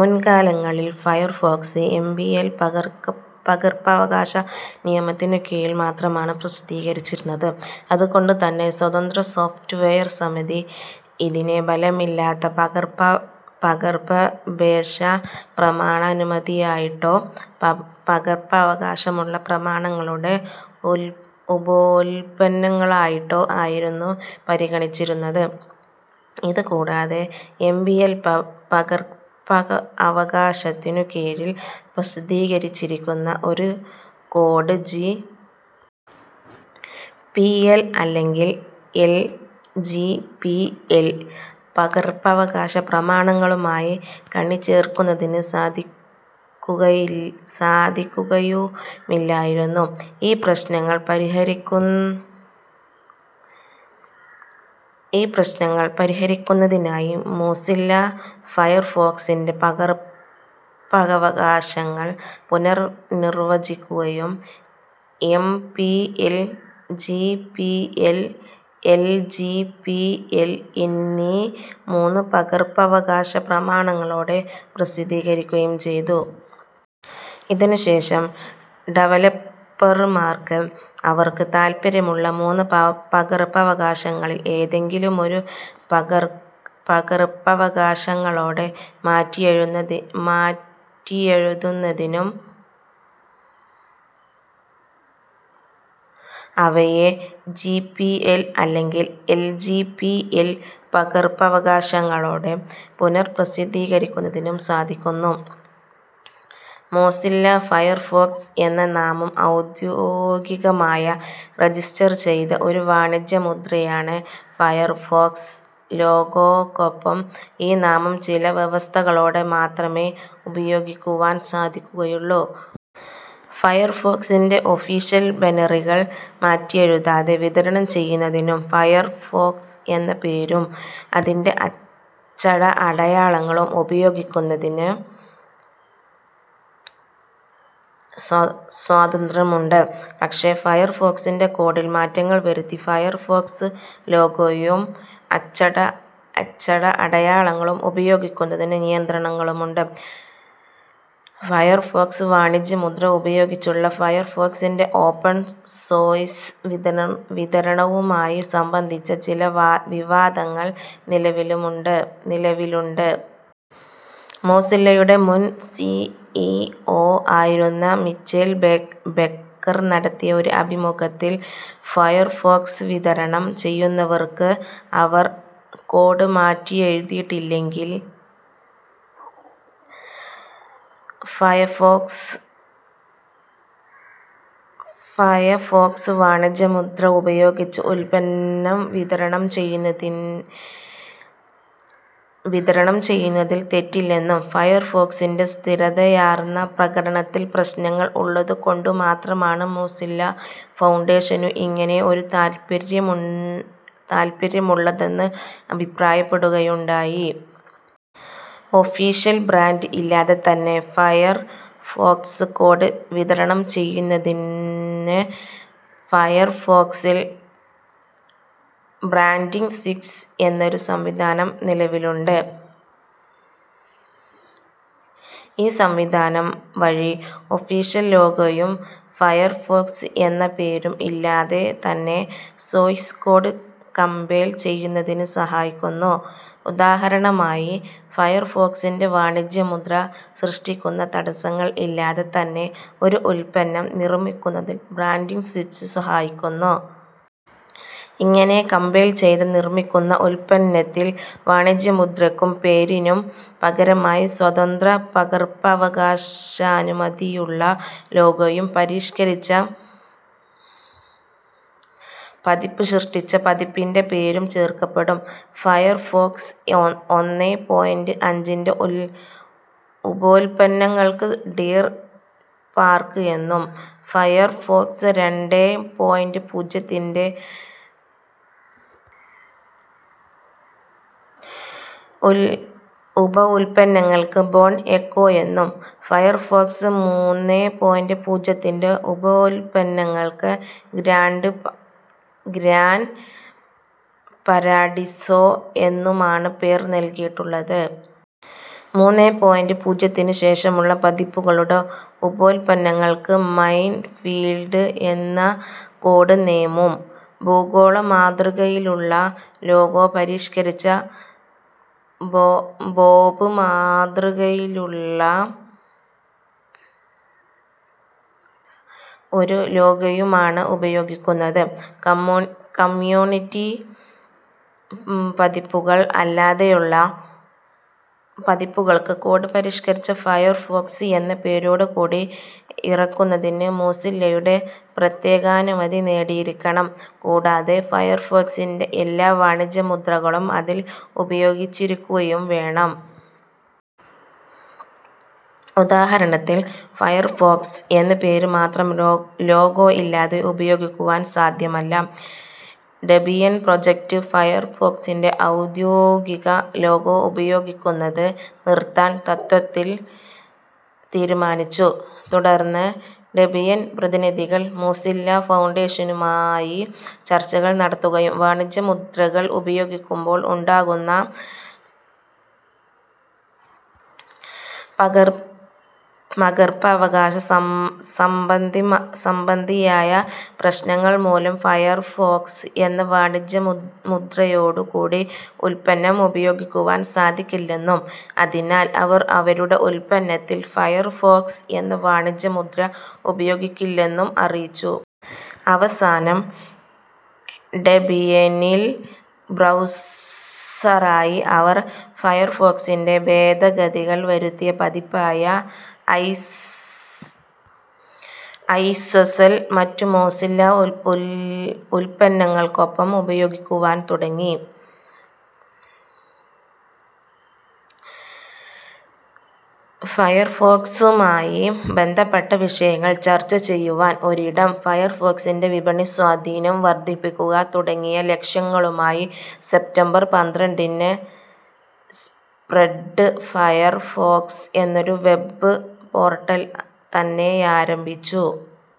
മുൻകാലങ്ങളിൽ, Firefox M. P. L പകർപ്പവകാശ നിയമത്തിനു കീഴിൽ മാത്രമാണു പ്രസിദ്ധീകരിച്ചിരുന്നത് അതുകൊണ്ടു തന്നെ സ്വതന്ത്രസോഫ്റ്റ് വെയർ സമിതി ഇതിനെ ബലമില്ലാത്ത പകർപ്പപേക്ഷ പ്രമാണാനുമതിയായിട്ടോ, പകർപ്പവകാശമുള്ള പ്രമാണങ്ങളുടെ ഉപോല്പന്നങ്ങളായിട്ടോ ആയിരുന്നു പരിഗണിച്ചിരുന്നത്. ഇതുകൂടാതെ, എം. പി. എൽ. പകർപ്പവകാശത്തിനു കീഴിൽ പ്രസിദ്ധീകരിച്ചിരിക്കുന്ന ഒരു കോഡ് ജി. പി. എൽ അല്ലെങ്കിൽ എൽ. ജി. പി. എൽ. പകർപ്പവകാശപ്രമാണങ്ങളുമായി കണ്ണിചേർക്കുന്നതിന് സാധിക്കുകയുമില്ലായിരുന്നു. ഈ പ്രശ്നങ്ങൾ പരിഹരിക്കുന്നതിനായി മോസില്ല ഫയർഫോക്സിൻ്റെ പകർപ്പവകാശങ്ങൾ പുനർ നിർവ്വചിക്കുകയും, M. P. L., G. P. L., L. G. P. L എന്നീ മൂന്നു പകർപ്പവകാശ പ്രമാണങ്ങളോടെ പ്രസിദ്ധീകരിക്കുകയും ചെയ്തു. ഇതിനുശേഷം ഡെവലപ്പർമാർക്ക് അവർക്കു താല്പര്യമുള്ള, മൂന്ന് പകർപ്പവകാശങ്ങളിൽ ഏതെങ്കിലും ഒരു, പകർപ്പവകാശങ്ങളൊടെ മാറ്റിയെഴുതുന്നതിനും അവയെ ജി. പി. എൽ അല്ലെങ്കിൽ എൽ. ജി. പി. എൽ. പകർപ്പവകാശങ്ങളോടെ പുനപ്രസിദ്ധീകരിക്കുന്നതിനും സാധിക്കുന്നു. മോസില്ല ഫയർഫോക്സ് എന്ന നാമം ഔദ്യോഗികമായ രജിസ്റ്റർ ചെയ്ത ഒരു വാണിജ്യ മുദ്രയാണ്. ഫയർഫോക്സ് ലോഗോക്കൊപ്പം ഈ നാമം ചില വ്യവസ്ഥകളോടെ മാത്രമേ ഉപയോഗിക്കുവാൻ സാധിക്കുകയുള്ളൂ. ഫയർഫോക്സിൻ്റെ ഒഫീഷ്യൽ ബെനറികൾ മാറ്റിയെഴുതാതെ വിതരണം ചെയ്യുന്നതിനും ഫയർഫോക്സ് എന്ന പേരും, അതിൻ്റെ അച്ചടഅടയാളങ്ങളും ഉപയോഗിക്കുന്നതിന് സ്വാതന്ത്ര്യമുണ്ട്. പക്ഷേ ഫയർഫോക്സിൻ്റെ കോഡിൽ മാറ്റങ്ങൾ വരുത്തി ഫയർഫോക്സ് ലോഗോയും, അച്ചടയാളങ്ങളും ഉപയോഗിക്കുന്നതിനു നിയന്ത്രണങ്ങളുമുണ്ട്. ഫയർഫോക്സ് വാണിജ്യമുദ്ര ഉപയോഗിച്ചുള്ള ഫയർഫോക്സിൻ്റെ ഓപ്പൺ സോഴ്സ് വിതരണവുമായി സംബന്ധിച്ച ചില വിവാദങ്ങൾ നിലവിലുണ്ട്. മോസില്ലയുടെ മുൻ സി. ഇ. ഒ ആയിരുന്ന മിച്ചെൽ ബെക്കർ നടത്തിയ ഒരു അഭിമുഖത്തിൽ, ഫയർഫോക്സ് വിതരണം ചെയ്യുന്നവർക്ക് അവർ കോഡ് മാറ്റിയെഴുതിയിട്ടില്ലെങ്കിൽ ഫയഫോക്സ് വാണിജ്യമുദ്ര ഉപയോഗിച്ച് ഉല്പന്നം വിതരണം ചെയ്യുന്നതിൽ തെറ്റില്ലെന്നും, ഫയർഫോക്സിൻ്റെ സ്ഥിരതയാർന്ന പ്രകടനത്തിൽ പ്രശ്നങ്ങൾ ഉള്ളതുകൊണ്ടുമാത്രമാണ് മോസില്ല ഫൗണ്ടേഷനു ഇങ്ങനെ ഒരു താല്പര്യമുള്ളതെന്ന് അഭിപ്രായപ്പെടുകയുണ്ടായി. ഒഫീഷ്യൽ ബ്രാന്റ് ഇല്ലാതെ തന്നെ ഫയർഫോക്സ് കോഡ് വിതരണം ചെയ്യുന്നതിന് ഫയർഫോക്സിൽ ബ്രാന്റിങ്ങ് സ്വിച്ച് എന്നൊരു സംവിധാനം നിലവിലുണ്ട്. ഈ സംവിധാനം വഴി ഒഫീഷ്യൽ ലോഗോയും, ഫയർഫോക്സ് എന്ന പേരും ഇല്ലാതെ തന്നെ സോഴ്സ് കോഡ് കമ്പൈൽ ചെയ്യുന്നതിനു സഹായിക്കുന്നു. ഉദാഹരണമായി, ഫയർഫോക്സിൻ്റെ വാണിജ്യമുദ്ര സൃഷ്ടിക്കുന്ന തടസ്സങ്ങൾ ഇല്ലാതെ തന്നെ ഒരു ഉല്പന്നം നിർമ്മിക്കുന്നതിൻ ബ്രാന്റിങ്ങ് സ്വിച്ച് സഹായിക്കുന്നു. ഇങ്ങനെ കമ്പൈൽ ചെയ്ത് നിർമ്മിക്കുന്ന ഉല്പന്നത്തിൽ വാണിജ്യമുദ്രക്കും, പേരിനും പകരമായി സ്വതന്ത്ര പകർപ്പവകാശാനുമതിയുള്ള ലോഗോയും, പരിഷ്കരിച്ച പതിപ്പ് സൃഷ്ടിച്ച പതിപ്പിൻ്റെ പേരും ചേർക്കപ്പെടും. ഫയർഫോക്സ് ഒന്നേ പോയിന്റ് അഞ്ചിൻ്റെ ഉപോല്പന്നങ്ങൾക്ക് ഡീർ പാർക്ക് എന്നും ഫയർഫോക്സ് രണ്ടേ പോയിന്റ് പൂജ്യത്തിൻ്റെ ഉപ ഉല്പന്നങ്ങൾക്ക് ബോൺ എക്കോ എന്നും, ഫയർഫോക്സ് മൂന്നേ പോയിന്റ് പൂജ്യത്തിൻ്റെ ഉപോല്പന്നങ്ങൾക്ക് ഗ്രാൻ പരാഡിസോ എന്നുമാണു പേർ നൽകിയിട്ടുള്ളത്. മൂന്നേ പോയിന്റ് പൂജ്യത്തിനു ശേഷമുള്ള പതിപ്പുകളുടെ ഉപോല്പന്നങ്ങൾക്ക് മൈൻഫീൽഡ് എന്ന കോഡ് നേമും ഭൂഗോളമാതൃകയിലുള്ള ലോഗോ പരിഷ്കരിച്ച് ബോബ് മാതൃകയിലുള്ള ഒരു ലോഗോയുമാണ് ഉപയോഗിക്കുന്നത്. കമ്യൂണിറ്റി പതിപ്പുകൾ അല്ലാതെയുള്ള പതിപ്പുകൾക്ക്, കോഡ് പരിഷരിച്ച് ഫയർഫോക്സ് എന്ന പേരോടുകൂടി ഇറക്കുന്നതിന് മോസില്ലയുടെ പ്രത്യേകാനുമതി നേടിയിരിക്കണം. കൂടാതെ ഫയർഫോക്സിൻ്റെ എല്ലാ വാണിജ്യമുദ്രകളും അതിൽ ഉപയോഗിച്ചിരിക്കുകയും വേണം. ഉദാഹരണത്തിൽ ഫയർഫോക്സ് എന്ന പേര് മാത്രം ലോഗോ ഇല്ലാതെ ഉപയോഗിക്കുവാൻ സാദ്ധ്യമല്ല. ഡെബിയൻ പ്രൊജക്റ്റ് ഫയർഫോക്സിൻ്റെ ഔദ്യോഗിക ലോഗോ ഉപയോഗിക്കുന്നത് നിർത്താൻ തത്ത്വത്തിൽ തീരുമാനിച്ചു. തുടർന്ന് ഡെബിയൻ പ്രതിനിധികൾ മോസില്ല ഫൗണ്ടേഷനുമായി ചർച്ചകൾ നടത്തുകയും, വാണിജ്യമുദ്രകൾ ഉപയോഗിക്കുമ്പോൾ ഉണ്ടാകുന്ന പകർപ്പവകാശ സംബന്ധിയായ പ്രശ്നങ്ങൾ മൂലം ഫയർഫോക്സ് എന്ന വാണിജ്യമുദ്രയോടു കൂടി ഉല്പന്നം ഉപയോഗിക്കുവാൻ സാധിക്കില്ലെന്നും അതിനാൽ അവർ അവരുടെ ഉല്പന്നത്തിൽ ഫയർഫോക്സ് എന്ന വാണിജ്യമുദ്ര ഉപയോഗിക്കില്ലെന്നും അറിയിച്ചു. അവസാനം, ഡെബിയനിൽ ബ്രൗസറായി അവർ ഫയർഫോക്സിൻ്റെ ഭേദഗതികൾ വരുത്തിയ പതിപ്പായ ഐസ്വെസ്സൽ മറ്റു മോസില്ല ഉല്പന്നങ്ങൾക്കൊപ്പം ഉപയോഗിക്കുവാൻ തുടങ്ങി. ഫയർഫോക്സുമായി ബന്ധപ്പെട്ട വിഷയങ്ങൾ ചർച്ച ചെയ്യുവാൻ ഒരിടം, ഫയർഫോക്സിൻ്റെ വിപണി സ്വാധീനം വർദ്ധിപ്പിക്കുക തുടങ്ങിയ ലക്ഷ്യങ്ങളുമായി, സെപ്റ്റംബർ പന്ത്രണ്ടിന്, സ്പ്രെഡ് ഫയർഫോക്സ് എന്നൊരു വെബ്ബ് പോർട്ടൽ തന്നെയാരംഭിച്ചു.